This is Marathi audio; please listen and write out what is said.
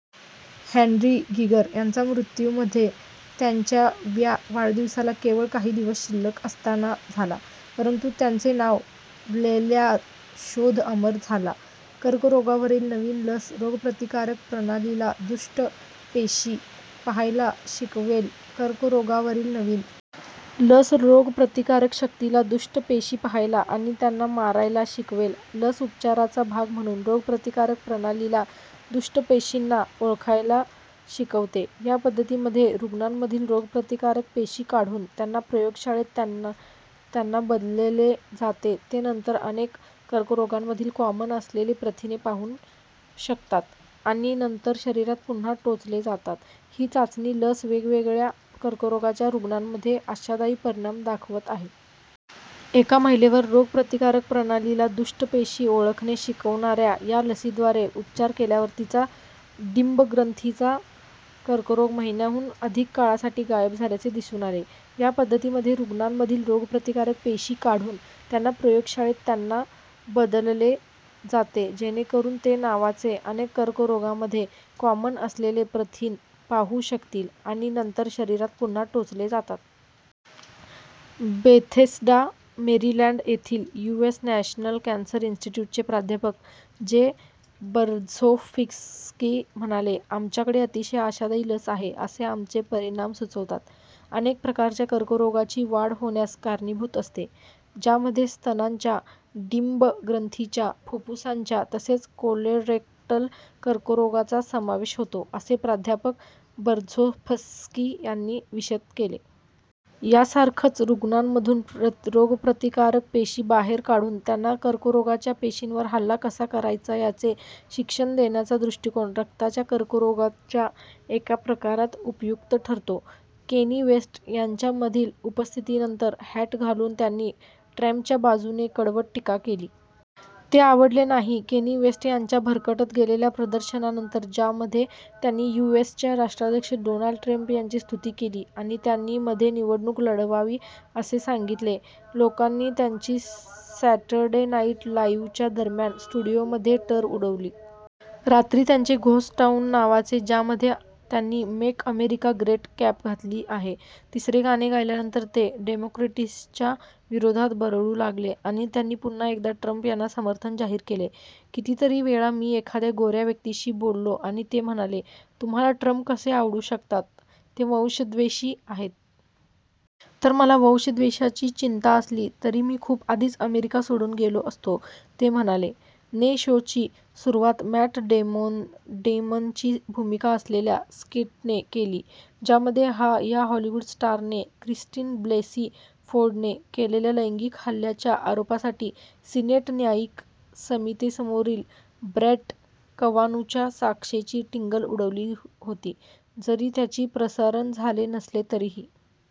" "हॅन्स" गीगर यांचा मृत्यू मध्ये, त्यांच्या व्या वाढदिवसाला केवळ काही दिवस शिल्लक असताना झाला. परंतु त्यांचे नाव ल्यालेला शोध अमर झाला. कर्करोगावरील नवीन लस रोगप्रतिकारक प्रणालीला दुष्ट पेशी 'पहायला' शिकवेल कर्करोगावरील नवीन लस रोगप्रतिकारक शक्तीला दुष्ट पेशी 'पहायला' आणि त्यांना मारायला शिकवेल लस उपचाराचा भाग म्हणून रोगप्रतिकारक प्रणालीला दुष्ट पेशींना ओळखायला शिकवते या पद्धतीमध्ये रूग्णांमधील रोगप्रतिकारक पेशी काढून त्यांना प्रयोगशाळेत त्यांना बदलले जाते ते नंतर अनेक कर्करोगांमध्ये कॉमन असलेले प्रथिन 'पाहू' शकतात आणि नंतर शरीरात पुन्हा टोचले जातात ही चाचणी लस वेगवेगळ्या कर्करोगांच्या रूग्णांमध्ये आशादायी परिणाम दाखवत आहे. एका महिलेवर रोगप्रतिकारक प्रणालीला दुष्ट पेशी ओळखणे शिकवणाऱ्या या लसीद्वारे उपचार केल्यावर तिचा डिंबग्रंथिंचा कर्करोग महिन्यांहून अधिक काळासाठी गायब झाल्याचे दिसून आले. या पद्धतीमध्ये रूग्णांमधील रोगप्रतिकारक पेशी काढून त्यांना प्रयोगशाळेत त्यांना बदलले जाते जेणेकरून ते नावाचे, अनेक कर्करोगांमध्ये कॉमन असलेले प्रथिन "पाहू" शकतील आणि नंतर शरीरात पुन्हा टोचले जातात. बेथेस्डा, मेरीलँड येथील युएस नॅशनल कॅसर इंस्टिट्यूटचे प्राध्यापक जे बर्झोफ्स्की म्हणाले: "आमच्याकडे अतिशय आशादायी लस आहे असे आमचे परिणाम सुचवतात. " "अनेक प्रकारच्या कर्करोगाची वाढ होण्यास कारणीभूत असते," ज्यामध्ये स्तनाच्या, डिंबग्रंथिच्या, फुफ्फुसांच्या तसेच कोलोरेक्टल कर्करोगांचा समावेश होतो, असे प्राध्यापक बर्झोफ्स्की यांनी विशद केले. यासारखाच, रूग्णांमधून रोगप्रतिकारक पेशी बाहेर काढून त्यांना कर्करोगाच्या पेशींवर हल्ला कसा करायचा याचे "शिक्षण" देण्याचा दृष्टीकोन रक्ताच्या कर्करोगाच्या एका प्रकारात उपयुक्त ठरतो. केनी वेस्ट त्यांच्या मधील उपस्थितीनंतर हॅट घालून त्यांनी ट्रंपच्या-बाजुने कडवट टीका केली. ते आवडले नाही केनी वेस्ट यांच्या भरकटत गेलेल्या प्रदर्शनानंतर ज्यामध्ये त्यांनी यु. एस. चे राष्ट्राध्यक्ष डोनाल्ड ट्रंप यांची स्तुती केली आणि त्यांनी मध्ये निवडणूक लढवावी असे सांगितले, लोकांनी त्यांची सॅटरडे नाईट लाइव्हच्या दरम्यान स्टुडिओमध्ये टर उडवली. रात्री त्यांचे घोस्ट टाउन नावाचे ज्यामध्ये त्यांनी मेक अमेरिका ग्रेट कॅप घातली आहे, तिसरे गाणे गायल्यानंतर ते डेमॉक्रॅट्सच्या विरोधात बरळू लागले आणि त्यांनी पुन्हा एकदा ट्रंप यांना समर्थन जाहिर केले. "कितीतरी वेळा मी एखाद्या गोऱ्या व्यक्तीशी बोललो आणि ते म्हणाले: "तुम्हाला ट्रंप कसे आवडू शकतात, ते वंशद्वेशी आहेत? " तर, मला वंशद्वेशाची चिंता असती तर मी खूप आधीच अमेरिका सोडून गेलो असतो," ते म्हणाले. ने शोची सुरुवात मॅट डेमनची भूमिका असलेल्या स्कीटने केली ज्यामध्ये या हॉलिवूड स्टारने क्रिस्टिन ब्लेसी फोर्डने केलेल्या लैंगिक हल्ल्याच्या आरोपांसाठी सिनेट न्यायिक समितीसमोरील ब्रेट कवानुच्या साक्षेची टिंगल उडवली होती. जरी याचे प्रसारण झाले नसले तरीही